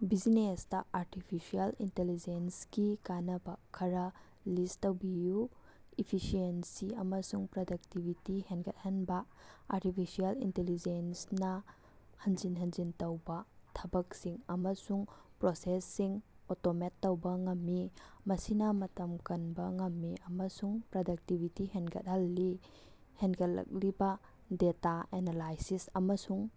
ꯕꯤꯖꯤꯅꯦꯁꯇꯥ artificial ꯏꯟꯇꯤꯂꯤꯖꯦꯟꯁꯒꯤ ꯀꯥꯟꯅꯕ ꯈꯔ ꯂꯤꯁ ꯇꯧꯕꯤꯌꯨ꯫ ꯏꯐꯤꯁꯤꯑꯦꯟꯁꯤ ꯑꯃꯁꯨꯡ ꯄ꯭ꯔꯗꯛꯇꯤꯕꯤꯇꯤ ꯍꯦꯟꯒꯠꯍꯟꯕꯥ: ꯑꯔꯇꯤꯐꯤꯁꯦꯜ ꯏꯟꯇꯤꯜꯂꯤꯖꯦꯟꯁꯅꯥ ꯍꯟꯖꯤꯟ ꯍꯟꯖꯤꯟ ꯇꯧꯕꯥ ꯊꯕꯛꯁꯤꯡ ꯑꯃꯁꯨꯡ ꯄ꯭ꯔꯣꯁꯦꯁꯁꯤꯡ ꯑꯣꯇꯣꯃꯦꯠ ꯇꯧꯕ ꯉꯝꯃꯤ, ꯃꯁꯤꯅꯥ ꯃꯇꯝ ꯀꯟꯕ ꯉꯝꯃꯤ ꯑꯃꯁꯨꯡ ꯄ꯭ꯔꯗꯛꯇꯤꯕꯤꯇꯤ ꯍꯦꯟꯒꯠꯍꯜꯂꯤ꯫ ꯍꯦꯟꯒꯠꯂꯛꯂꯤꯕ ꯗꯦꯇꯥ ꯑꯦꯅꯥꯂꯥꯏꯁꯤꯁ ꯑꯃꯁꯨꯡ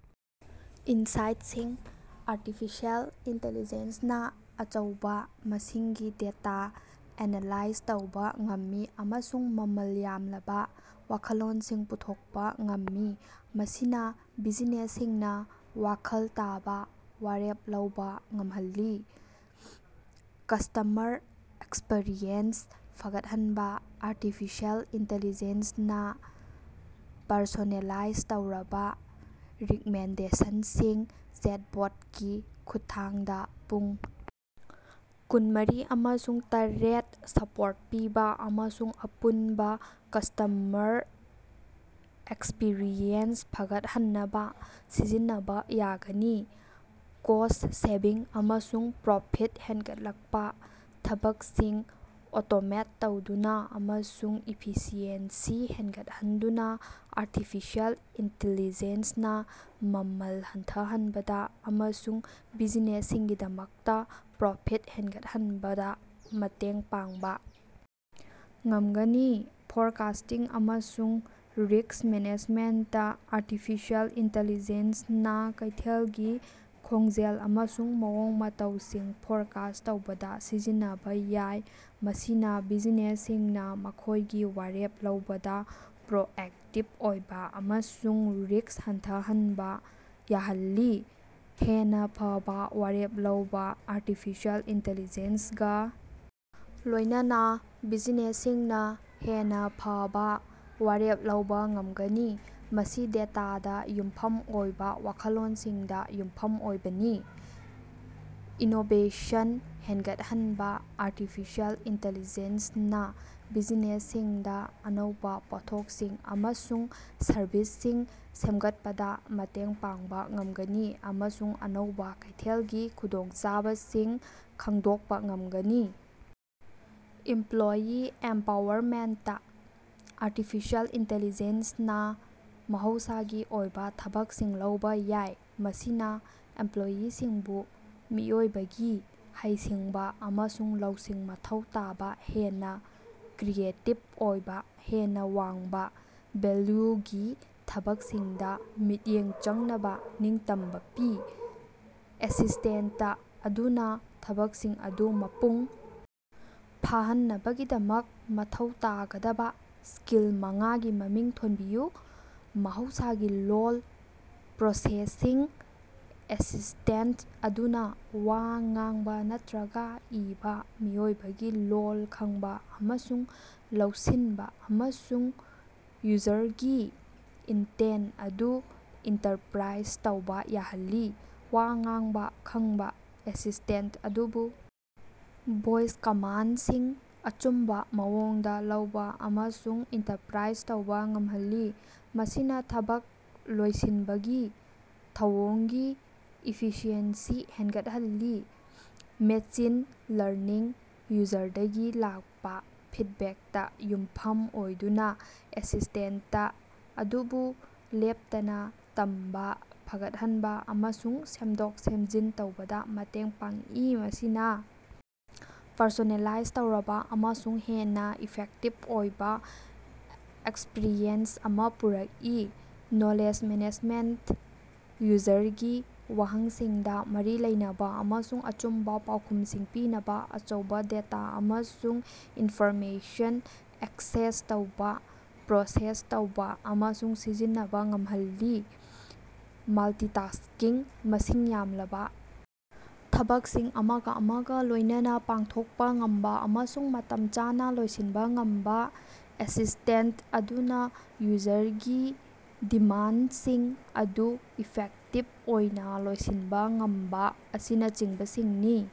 ꯏꯟꯁꯥꯏꯠꯁꯤꯡ: ꯑꯔꯇꯤꯐꯤꯁꯦꯜ ꯏꯟꯇꯤꯂꯤꯖꯦꯟꯁꯅꯥ ꯑꯆꯧꯕꯥ ꯃꯁꯤꯡꯒꯤ ꯗꯦꯇꯥ ꯑꯦꯅꯂꯥꯏꯖ ꯇꯧꯕꯥ ꯉꯝꯃꯤ ꯑꯃꯁꯨꯡ ꯃꯃꯜ ꯌꯥꯝꯂꯕꯥ ꯋꯥꯈꯜꯂꯣꯟꯁꯤꯡ ꯄꯨꯊꯣꯛꯄꯥ ꯉꯝꯃꯤ, ꯃꯁꯤꯅꯥ ꯕꯤꯖꯤꯅꯦꯁꯁꯤꯡꯅꯥ ꯋꯥꯈꯜ ꯇꯥꯕꯥ ꯋꯥꯔꯦꯞ ꯂꯧꯕꯥ ꯉꯝꯍꯜꯂꯤ꯫ ꯀꯁ꯭ꯇꯃꯔ ꯑꯦꯛꯁꯄꯤꯔꯤꯑꯦꯟꯁ ꯐꯒꯠꯍꯟꯕꯥ: ꯑꯔꯇꯤꯐꯤꯁꯦꯜ ꯏꯟꯇꯤꯜꯂꯤꯖꯦꯟꯁꯅꯥ ꯄꯔꯁꯣꯅꯦꯂꯥꯏꯖ ꯇꯧꯔꯕꯥ ꯔꯤꯛꯃꯦꯟꯗꯦꯁꯟꯁꯤꯡ, ꯆꯦꯠꯕꯣꯠꯀꯤ ꯈꯨꯠꯊꯥꯡꯗꯥ ꯄꯨꯡ ꯀꯨꯟꯃꯔꯤ ꯑꯃꯁꯨꯡ ꯇꯥꯔꯦꯠ ꯁꯄꯣꯔꯠ ꯄꯤꯕꯥ ꯑꯃꯁꯨꯡ ꯑꯄꯨꯟꯕ ꯀꯁꯇꯃꯔ ꯑꯦꯛꯁꯄꯤꯔꯤꯑꯦꯟꯁ ꯐꯒꯠꯍꯟꯅꯕꯥ ꯁꯤꯖꯤꯟꯅꯕ ꯌꯥꯒꯅꯤ꯫ ꯀꯣꯁ ꯁꯦꯚꯤꯡ ꯑꯃꯁꯨꯡ ꯄ꯭ꯔꯣꯐꯤꯠ ꯍꯦꯟꯒꯠꯂꯛꯄꯥ: ꯊꯕꯛꯁꯤꯡ ꯑꯣꯇꯣꯃꯦꯠ ꯇꯧꯗꯨꯅꯥ ꯑꯃꯁꯨꯡ ꯏꯐꯤꯁꯤꯑꯦꯟꯁꯤ ꯍꯦꯟꯒꯠꯍꯟꯗꯨꯅ ꯑꯔꯇꯤꯐꯤꯁꯦꯜ ꯏꯟꯇꯤꯜꯂꯤꯖꯦꯟꯁꯅꯥ ꯃꯃꯜ ꯍꯟꯊꯍꯟꯕꯗꯥ ꯑꯃꯁꯨꯡ ꯕꯤꯖꯤꯅꯦꯁꯁꯤꯡꯒꯤꯗꯃꯛꯇ ꯄ꯭ꯔꯣꯐꯤꯠ ꯍꯦꯟꯒꯠꯍꯟꯕꯗꯥ ꯃꯇꯦꯡ ꯄꯥꯡꯕꯥ ꯉꯝꯒꯅꯤ꯫ ꯐꯣꯔꯀꯥꯁꯇꯤꯡ ꯑꯃꯁꯨꯡ ꯔꯤꯛꯁ ꯃꯦꯅꯦꯖꯃꯦꯟꯇ: ꯑꯔꯇꯤꯐꯤꯁꯦꯜ ꯏꯟꯇꯤꯜꯂꯤꯖꯦꯟꯁꯅꯥ ꯀꯩꯊꯦꯜꯒꯤ ꯈꯣꯡꯖꯦꯜ ꯑꯃꯁꯨꯡ ꯃꯑꯣꯡ ꯃꯇꯧꯁꯤꯡ ꯐꯣꯔꯀꯥꯁ ꯇꯧꯕꯗ ꯁꯤꯖꯤꯟꯅꯕꯥ ꯌꯥꯏ, ꯃꯁꯤꯅꯥ ꯕꯤꯖꯤꯅꯦꯁꯁꯤꯡꯅꯥ ꯃꯈꯣꯏꯒꯤ ꯋꯥꯔꯦꯞ ꯂꯧꯕꯗꯥ ꯄ꯭ꯔꯣꯑꯦꯛꯇꯤꯕ ꯑꯣꯏꯕꯥ ꯑꯃꯁꯨꯡ ꯔꯤꯛꯁ ꯍꯟꯊꯍꯟꯕ ꯌꯥꯍꯜꯂꯤ꯫ ꯍꯦꯟꯅꯥ ꯐꯕꯥ ꯋꯥꯔꯦꯞ ꯂꯧꯕꯥ: ꯑꯔꯇꯤꯐꯤꯁꯦꯜ ꯏꯟꯇꯤꯜꯂꯤꯖꯦꯟꯁꯒꯥ ꯂꯣꯏꯅꯅꯥ ꯕꯤꯖꯤꯅꯦꯁꯁꯤꯡꯅꯥ ꯍꯦꯟꯅꯥ ꯐꯕꯥ ꯋꯥꯔꯦꯞ ꯂꯧꯕꯥ ꯉꯝꯒꯅꯤ, ꯃꯁꯤ ꯗꯦꯇꯥꯗꯥ ꯌꯨꯝꯐꯝ ꯑꯣꯏꯕꯥ ꯋꯥꯈꯜꯂꯣꯟꯁꯤꯡꯗ ꯌꯨꯝꯐꯝ ꯑꯣꯏꯕꯅꯤ꯫ ꯏꯅꯣꯕꯦꯁꯟ ꯍꯦꯟꯒꯠꯍꯟꯕ: ꯑꯔꯇꯤꯐꯤꯁꯦꯜ ꯏꯟꯇꯤꯜꯂꯤꯖꯦꯟꯁꯅꯥ ꯕꯤꯖꯤꯅꯦꯁꯁꯤꯡꯗꯥ ꯑꯅꯧꯕꯥ ꯄꯣꯠꯊꯣꯛꯁꯤꯡ ꯑꯃꯁꯨꯡ ꯁꯔꯕꯤꯁꯁꯤꯡ ꯁꯦꯝꯒꯠꯄꯗꯥ ꯃꯇꯦꯡ ꯄꯥꯡꯕꯥ ꯉꯝꯒꯅꯤ, ꯑꯃꯁꯨꯡ ꯑꯅꯧꯕꯥ ꯀꯩꯊꯦꯜꯒꯤ ꯈꯨꯗꯣꯡꯆꯥꯕꯁꯤꯡ ꯈꯪꯗꯣꯛꯄ ꯉꯝꯒꯅꯤ꯫ ꯏꯝꯄ꯭ꯂꯣꯌꯤ ꯑꯦꯝꯄꯥꯋꯔꯃꯦꯟꯇ: ꯑꯔꯇꯤꯐꯤꯁꯦꯜ ꯏꯟꯇꯤꯜꯂꯤꯖꯦꯟꯁꯅꯥ ꯃꯍꯧꯁꯥꯒꯤ ꯑꯣꯏꯕ ꯊꯕꯛꯁꯤꯡ ꯂꯧꯕꯥ ꯌꯥꯏ, ꯃꯁꯤꯅꯥ ꯏꯝꯄ꯭ꯂꯣꯌꯤꯁꯤꯡꯕꯨ ꯃꯤꯑꯣꯏꯕꯒꯤ ꯍꯩꯁꯤꯡꯕꯥ ꯑꯃꯁꯨꯡ ꯂꯧꯁꯤꯡ ꯃꯊꯧ ꯇꯥꯕꯥ ꯍꯦꯟꯅꯥ ꯀ꯭ꯔꯤꯌꯦꯇꯤꯕ ꯑꯣꯏꯕꯥ, ꯍꯦꯟꯅꯥ ꯋꯥꯡꯕꯥ ꯚꯦꯜꯌꯨꯒꯤ ꯊꯕꯛꯁꯤꯡꯗꯥ ꯃꯤꯠꯌꯦꯡ ꯆꯪꯅꯕꯥ ꯅꯤꯡꯇꯝꯕꯥ ꯄꯤ꯫ ꯑꯦꯁꯤꯁꯇꯦꯟꯇ ꯑꯗꯨꯅꯥ ꯊꯕꯛꯁꯤꯡ ꯑꯗꯨ ꯃꯄꯨꯡ ꯐꯥꯍꯟꯅꯕꯒꯤꯗꯃꯛ ꯃꯊꯧ ꯇꯥꯒꯗꯕꯥ ꯁ꯭ꯀꯤꯜ ꯃꯉꯥꯒꯤ ꯃꯃꯤꯡ ꯊꯣꯟꯕꯤꯌꯨ꯫ ꯃꯍꯧꯁꯥꯒꯤ ꯂꯣꯜ ꯄ꯭ꯔꯣꯁꯦꯁꯤꯡ: ꯑꯦꯁꯤꯁꯇꯦꯟꯇ ꯑꯗꯨꯅꯥ ꯋꯥ ꯉꯥꯡꯕ ꯅꯠꯇ꯭ꯔꯥꯒ ꯏꯕꯥ ꯃꯤꯑꯣꯏꯕꯒꯤ ꯂꯣꯜ ꯈꯪꯕ ꯑꯃꯁꯨꯡ ꯂꯧꯁꯤꯟꯕ ꯑꯃꯁꯨꯡ ꯌꯨꯖꯔꯒꯤ ꯏꯟꯇꯦꯟ ꯑꯗꯨ ꯏꯟꯇꯔꯄ꯭ꯔꯥꯏꯖ ꯇꯧꯕꯥ ꯌꯥꯍꯜꯂꯤ꯫ ꯋꯥ ꯉꯥꯡꯕꯥ ꯈꯪꯕ: ꯑꯦꯁꯤꯁꯇꯦꯟꯇ ꯑꯗꯨꯕꯨ ꯚꯣꯏꯁ ꯀꯃꯥꯟꯗꯁꯤꯡ ꯑꯆꯨꯝꯕꯥ ꯃꯑꯣꯡꯗꯥ ꯂꯧꯕꯥ ꯑꯃꯁꯨꯡ ꯏꯟꯇꯔꯄ꯭ꯔꯥꯏꯖ ꯇꯧꯕꯥ ꯉꯝꯍꯜꯂꯤ, ꯃꯁꯤꯅꯥ ꯊꯕꯛ ꯂꯣꯏꯁꯤꯟꯕꯒꯤ ꯊꯧꯑꯣꯡꯒꯤ ꯏꯐꯤꯁꯤꯑꯦꯟꯁꯤ ꯍꯦꯟꯒꯠꯍꯜꯂꯤ꯫ ꯃꯦꯆꯤꯟ ꯂꯔꯅꯤꯡ: ꯌꯨꯖꯔꯗꯒꯤ ꯂꯥꯛꯄ ꯐꯤꯠꯕꯦꯛꯇ ꯌꯨꯝꯐꯝ ꯑꯣꯏꯗꯨꯅꯥ ꯑꯦꯁꯤꯁꯇꯦꯟꯇ ꯑꯗꯨꯕꯨ ꯂꯦꯞꯇꯅꯥ ꯇꯝꯕꯥ, ꯐꯒꯠꯍꯟꯕ ꯑꯃꯁꯨꯡ ꯁꯦꯝꯗꯣꯛ-ꯁꯦꯝꯖꯤꯟ ꯇꯧꯕꯗꯥ ꯃꯇꯦꯡ ꯄꯥꯡꯏ, ꯃꯁꯤꯅꯥ ꯄꯔꯁꯣꯅꯦꯂꯥꯏꯖ ꯇꯧꯔꯕꯥ ꯑꯃꯁꯨꯡ ꯍꯦꯟꯅꯥ ꯏꯐꯦꯛꯇꯤꯕ ꯑꯣꯏꯕꯥ ꯑꯦꯛꯁꯄ꯭ꯔꯤꯌꯦꯟꯁ ꯑꯃꯥ ꯄꯨꯔꯛꯏ꯫ ꯅꯣꯂꯦꯖ ꯃꯦꯅꯦꯖꯃꯦꯟꯇ: ꯌꯨꯖꯔꯒꯤ ꯋꯥꯍꯪꯁꯤꯡꯗꯥ ꯃꯔꯤ ꯂꯩꯅꯕꯥ ꯑꯃꯁꯨꯡ ꯑꯆꯨꯝꯕꯥ ꯄꯥꯎꯈꯨꯝꯁꯤꯡ ꯄꯤꯅꯕꯥ ꯑꯆꯧꯕꯥ ꯗꯦꯇꯥ ꯑꯃꯁꯨꯡ ꯏꯟꯐꯣꯔꯃꯦꯁꯟ ꯑꯦꯛꯁꯦꯁ ꯇꯧꯕꯥ, ꯄ꯭ꯔꯣꯁꯦꯁ ꯇꯧꯕꯥ ꯑꯃꯁꯨꯡ ꯁꯤꯖꯤꯟꯅꯕꯥ ꯉꯝꯍꯜꯂꯤ꯫ ꯃꯜꯇꯤꯇꯥꯛꯁ꯭ꯀꯤꯡ: ꯃꯁꯤꯡ ꯌꯥꯝꯂꯕꯥ ꯊꯕꯛꯁꯤꯡ ꯑꯃꯒꯥ ꯑꯃꯒꯥ ꯂꯣꯏꯅꯅ ꯄꯥꯡꯊꯣꯛꯄꯥ ꯉꯝꯕꯥ ꯑꯃꯁꯨꯡ ꯃꯇꯝ ꯆꯥꯅꯥ ꯂꯣꯏꯁꯤꯟꯕ ꯉꯝꯕꯥ, ꯑꯦꯁꯤꯁꯇꯦꯟꯇ ꯑꯗꯨꯅꯥ ꯌꯨꯖꯔꯒꯤ ꯗꯤꯃꯥꯟꯗꯁꯤꯡ ꯑꯗꯨ ꯏꯐꯦꯛꯇꯤꯕ ꯑꯣꯏꯅꯥ ꯂꯣꯏꯁꯤꯟꯕ ꯉꯝꯕꯥ ꯑꯁꯤꯅꯆꯤꯡꯕꯁꯤꯡꯅꯤ꯫